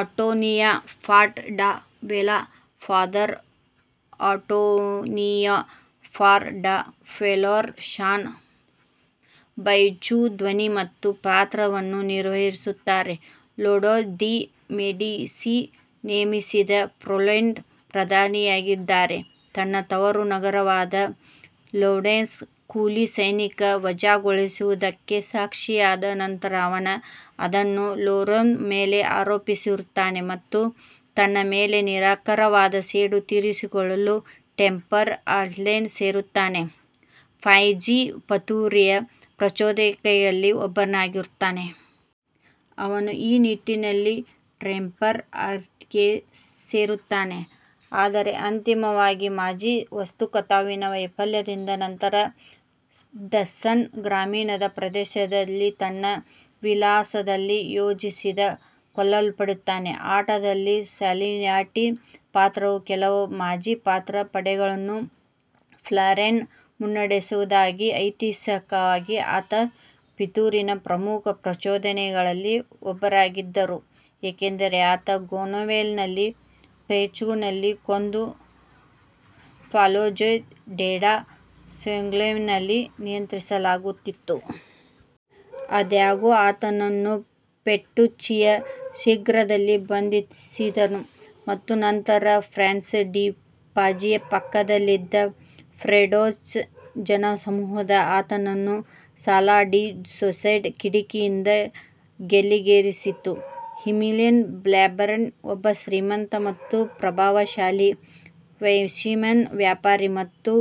Antonio Maffei da Volterra father Antonio Maffei da Volterra Shawn Baichoo ಧ್ವನಿ ಮತ್ತು ಪಾತ್ರವನ್ನು ನಿರ್ವಹಿಸಿದ್ದಾರೆ ಲೊರೆಂಜೊ ಡಿ ಮೆಡಿಸಿ ನೇಮಿಸಿದ ಫ್ಲೋರೆಂಟೈನ್ ಪಾದ್ರಿಯಾಗಿದ್ದಾರೆ. ತನ್ನ ತವರು ನಗರವಾದ ವೋಲ್ಟೆರಾವನ್ನು ಕೂಲಿ ಸೈನಿಕರು ವಜಾಗೊಳಿಸಿದ್ದಕ್ಕೆ ಸಾಕ್ಷಿಯಾದ ನಂತರ, ಅವನು ಅದನ್ನು ಲೊರೆಂಜೊ ಮೇಲೆ ಆರೋಪಿಸುತ್ತಾನೆ ಮತ್ತು ತನ್ನ ಮೇಲೆ ನಿಖರವಾದ ಸೇಡು ತೀರಿಸಿಕೊಳ್ಳಲು ಟೆಂಪ್ಲರ್ ಆರ್ಡರ್ಗೆ ಸೇರುತ್ತಾನೆ; ಪಾಝಿ ಪಿತೂರಿಯ ಪ್ರಚೋದಕಗಳಲ್ಲಿ ಒಬ್ಬನಾಗುತ್ತಾನೆ. ಅವನು ಈ ನಿಟ್ಟಿನಲ್ಲಿ ಟೆಂಪ್ಲರ್ ಆರ್ಡರ್ಗೆ ಸೇರುತ್ತಾನೆ, ಆದರೆ ಅಂತಿಮವಾಗಿ ಪಾಜಿ ಕಥಾವಸ್ತುವಿನ ವೈಫಲ್ಯದ ನಂತರ ಟಸ್ಕನ್ ಗ್ರಾಮೀಣ ಪ್ರದೇಶದ ತನ್ನ ವಿಲ್ಲಾದಲ್ಲಿ ಎಜಿಯೊನಿಂದ ಕೊಲ್ಲಲ್ಪಡುತ್ತಾನೆ. ಆಟದಲ್ಲಿ ಸಾಲ್ವಿಯಾಟಿಯ ಪಾತ್ರವು ಕೇವಲ ಪಾಜಿ-ಮಿತ್ರ ಪಡೆಗಳನ್ನು ಫ್ಲಾರೆನ್ಸ್ಗೆ ಮುನ್ನಡೆಸುವುದಾಗಿತ್ತು, ಐತಿಹಾಸಿಕವಾಗಿ ಆತ ಪಿತೂರಿಯ ಪ್ರಮುಖ ಪ್ರಚೋದಕಗಳಲ್ಲಿ ಒಬ್ಬರಾಗಿದ್ದರು, ಏಕೆಂದರೆ ಆತ ಗೊನ್ಫಲೋನಿಯೆರೆ ಪೆಟ್ರುಚಿಯನ್ನು ಕೊಂದು ಪ್ಯಾಲಾಜೊ ಡೆಲ್ಲಾ ಸಿಗ್ನೋರಿಯಾವನ್ನು ನಿಯಂತ್ರಿಸಬೇಕಾಗಿತ್ತು. ಆದಾಗ್ಯೂ, ಆತನನ್ನು ಪೆಟ್ರುಚ್ಚಿಯು ಶೀಘ್ರವಾಗಿ ಬಂಧಿಸಿದನು ಮತ್ತು ನಂತರ ಫ್ರಾನ್ಸೆಸ್ಕೊ ಡಿ 'ಪಾಜಿಯ ಪಕ್ಕದಲ್ಲಿದ್ದ ಫ್ಲೋರೆಂಟೈನ್ ಜನಸಮೂಹವು ಆತನನ್ನು ಸಾಲಾ ಡೀ ಡ್ಯೂಸೆಂಟೊದ ಕಿಟಕಿಯಿಂದ ಗಲ್ಲಿಗೇರಿಸಿತು. ಎಮಿಲಿಯೊ ಬಾರ್ಬರಿಗೊ ಒಬ್ಬ ಶ್ರೀಮಂತ ಮತ್ತು ಪ್ರಭಾವಶಾಲಿ ವೆನೆಷಿಯನ್ ವ್ಯಾಪಾರಿ ಮತ್ತು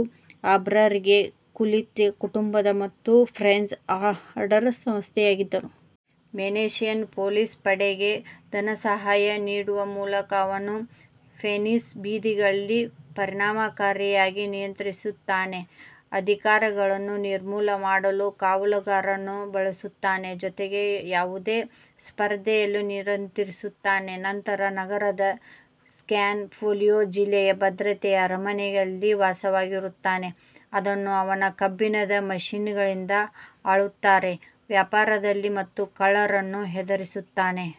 ಬಾರ್ಬರಿಗೊ ಕುಲೀನ ಕುಟುಂಬದ ಮತ್ತು ಟೆಂಪ್ಲರ್ ಆರ್ಡರ್ನ ಸದಸ್ಯರಾಗಿದ್ದಾರೆ. ವೆನೆಷಿಯನ್ ಪೊಲೀಸ್ ಪಡೆಗೆ ಧನಸಹಾಯ ನೀಡುವ ಮೂಲಕ, ಅವರು ವೆನಿಸ್ನ ಬೀದಿಗಳನ್ನು ಪರಿಣಾಮಕಾರಿಯಾಗಿ ನಿಯಂತ್ರಿಸುತ್ತಾರೆ, ಅಪರಾಧಿಗಳನ್ನು ನಿರ್ಮೂಲನೆ ಮಾಡಲು ಕಾವಲುಗಾರರನ್ನು ಬಳಸುತ್ತಾರೆ, ಜೊತೆಗೆ ಯಾವುದೇ ಸ್ಪರ್ಧೆಯನ್ನೂ ನಿಯಂತ್ರಿಸುತ್ತಾರೆ. ಅವನು ನಗರದ ಸ್ಯಾನ್ ಪೊಲೊ ಜಿಲ್ಲೆಯ ಭದ್ರತೆಯ ಅರಮನೆಯಲ್ಲಿ ವಾಸಿಸುತ್ತಾನೆ, ಅದನ್ನು ಅವನು ಕಬ್ಬಿಣದ ಮುಷ್ಟಿಯಿಂದ ಆಳುತ್ತಾನೆ, ವ್ಯಾಪಾರಿಗಳು ಮತ್ತು ಕಳ್ಳರನ್ನು ಹೆದರಿಸುತ್ತಾನೆ.